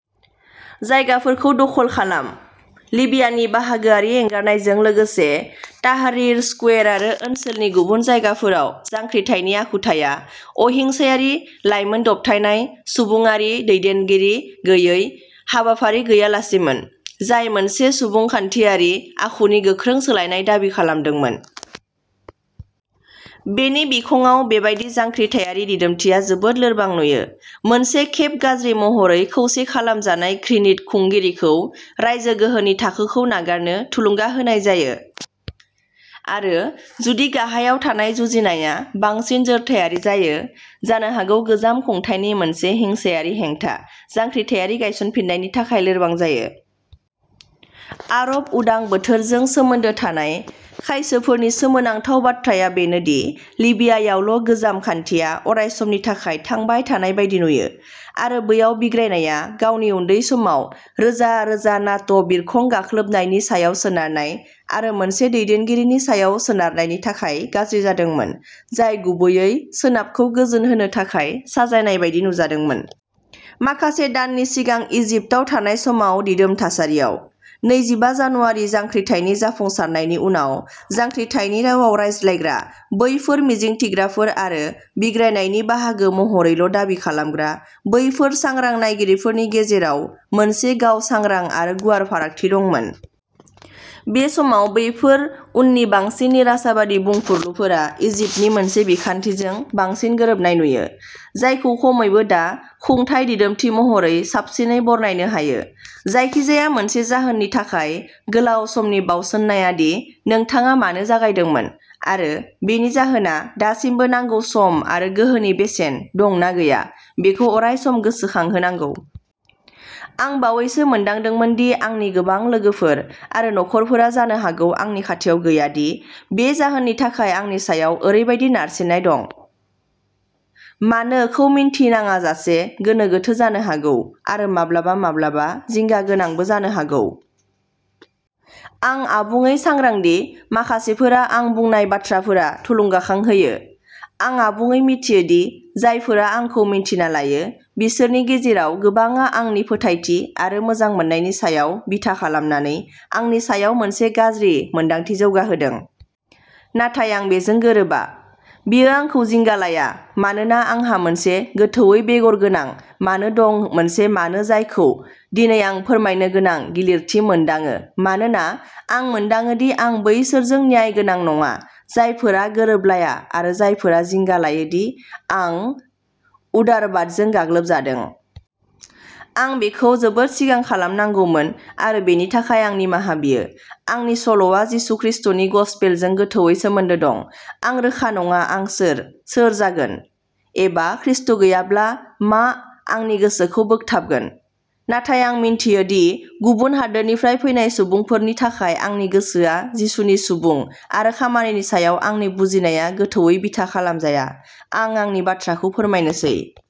जायगाफोरखौ दखल खालाम। लिबियानि बाहागोआरि एंगारनायजों लोगोसे ताहरिर स्कुवेर आरो ओनसोलनि गुबुन जायगाफोराव जांख्रिथायनि आखुथाया अहिंसायारि, लाइमोन दबथायनाय, सुबुंआरि, दैदेनगिरि गैयै, हाबाफारि गैयालासेमोन, जाय मोनसे सुबुंखान्थियारि आखुनि गोख्रों सोलायनाय दाबि खालामदोंमोन। बेनि बिखंआव बिनि बिखुंआव बेबादि जांख्रिथायारि दिदोमथिया जोबोद लोरबां नुयो, मोनसे खेब गाज्रि महरै खौसे खालामजानाय घृणित खुंगिरिखौ रायजो गोहोनि थाखोखौ नागारनो थुलुंगा होनाय जायो आरो जुदि गाहायाव थानाय जुजिनाया बांसिन जोरथायारि जायो, जानो हागौ गोजाम खुंथायनि मोनसे हिंसायारि हेंथा जांख्रिथायारि गायसनफिन्नायनि थाखाय लोरबां जायो। आरब उदां बोथोरजों सोमोन्दो थानाय खायसोफोरनि सोमोनांथाव बाथ्राया बेनो दि लिबियायावल' गोजाम खान्थिया अरायसमनि थाखाय थांबाय थानाय बायदि नुयो आरो बैयाव बिग्रायनाया गावनि उन्दै समाव रोजा-रोजा नाटो बिरखं गाग्लोबनायनि सायाव सोनारनाय आरो मोनसे दैदेनगिरिनि सायाव सोनारनायनि थाखाय गाज्रि जादोंमोन, जाय गुबैयै सोनाबखौ गोजोनहोनो थाखाय साजायनाय बायदि नुजादोंमोन। माखासे दाननि सिगां इजिप्टआव थानाय समाव, दिदोम थासारियाव। नैजिबा जानुआरि जांख्रिथायनि जाफुंसारनायनि उनाव जांख्रिथायनि रावाव रायज्लायग्रा बैफोर मिजिंथिग्राफोर आरो बिग्रायनायनि बाहागो महरैल' दाबि खालामग्रा बैफोर सांग्रां नायगिरिफोरनि गेजेराव मोनसे गाव-सांग्रां आरो गुवार फारागथि दंमोन। बे समाव, बेफोर उननि बांसिन निराशावादी बुंफुरलुफोरा इजिप्टनि मोनसे बिखान्थिजों बांसिन गोरोबनाय नुयो, जायखौ खमैबो दा खुंथाय दिदोमथि महरै साबसिनै बरनायनो हायो। जायखिजाया मोनसे जाहोननि थाखाय गोलाव समनि बाउसोमनाया दि नोंथाङा मानो जागायदोंमोन आरो बेनि जाहोनआ दासिमबो नांगौ सम आरो गोहोनि बेसेन दं ना गैया बेखौ अरायसम गोसोखांहोनांगौ। आं बावैसो मोनदांदोंमोन दि आंनि गोबां लोगोफोर आरो नखरफोरा जानो हागौ आंनि खाथियाव गैया दि बे जाहोननि थाखाय आंनि सायाव ओरैबादि नारसिननाय दं। मानो खौ मिन्थिङाजासे गोनो गोथो जानो हागौ आरो माब्लाबा माब्लाबा जिंगा गोनांबो जानो हागौ। आं आबुङै सांग्रां दि माखासेफोरा आं बुंनाय बाथ्राफोरा थुलुंगाखां होयो। आं आबुङै मिथियो दि जायफोरा आंखौ मिन्थिना लायो बिसोरनि गेजेराव गोबांआ आंनि फोथायथि आरो मोजांमोननायनि सायाव बिथा खालामनानै आंनि सायाव मोनसे गाज्रि मोनदांथि जौगाहोदों। नाथाय आं बेजों गोरोबा। बेयो आंखौ जिंगा लाया मानोना आंहा मोनसे गोथौवै बेगर गोनां मानो दं मोनसे मानो जायखौ दिनै आं फोरमायनो गोनां गिलिरथि मोनदाङो मानोना आं मोनदाङो दि आं बैसोरजों न्यायगोनां नङा जायफोरा गोरोबलाया आरो जायफोरा जिंगा लायो दि आं उदारवादजों गाग्लोबजादों। आं बेखौ जोबोद सिगां खालामनांगौमोन आरो बेनि थाखाय, आं निमाहा बियो। आंनि सल'आ जिसु खृस्टनि गसपेलजों गोथौवै सोमोन्दो दं। आं रोखा नङा आं सोर जागोन एबा खृष्ट गैयाब्ला मा आंनि गोसोखौ बोगथाबगोन नाथाय आं मिन्थिदि गुबुन हादोरनिफ्राय फैनाय सुबुंफोरनि थाखाय आंनि गोसोआ जिसुनि सुबुं आरो खामानिनि सायाव आंनि बुजियाव गोथौवै बिथा खालामजानाय। आं आंनि बाथ्राखौ फोरमायनोसै।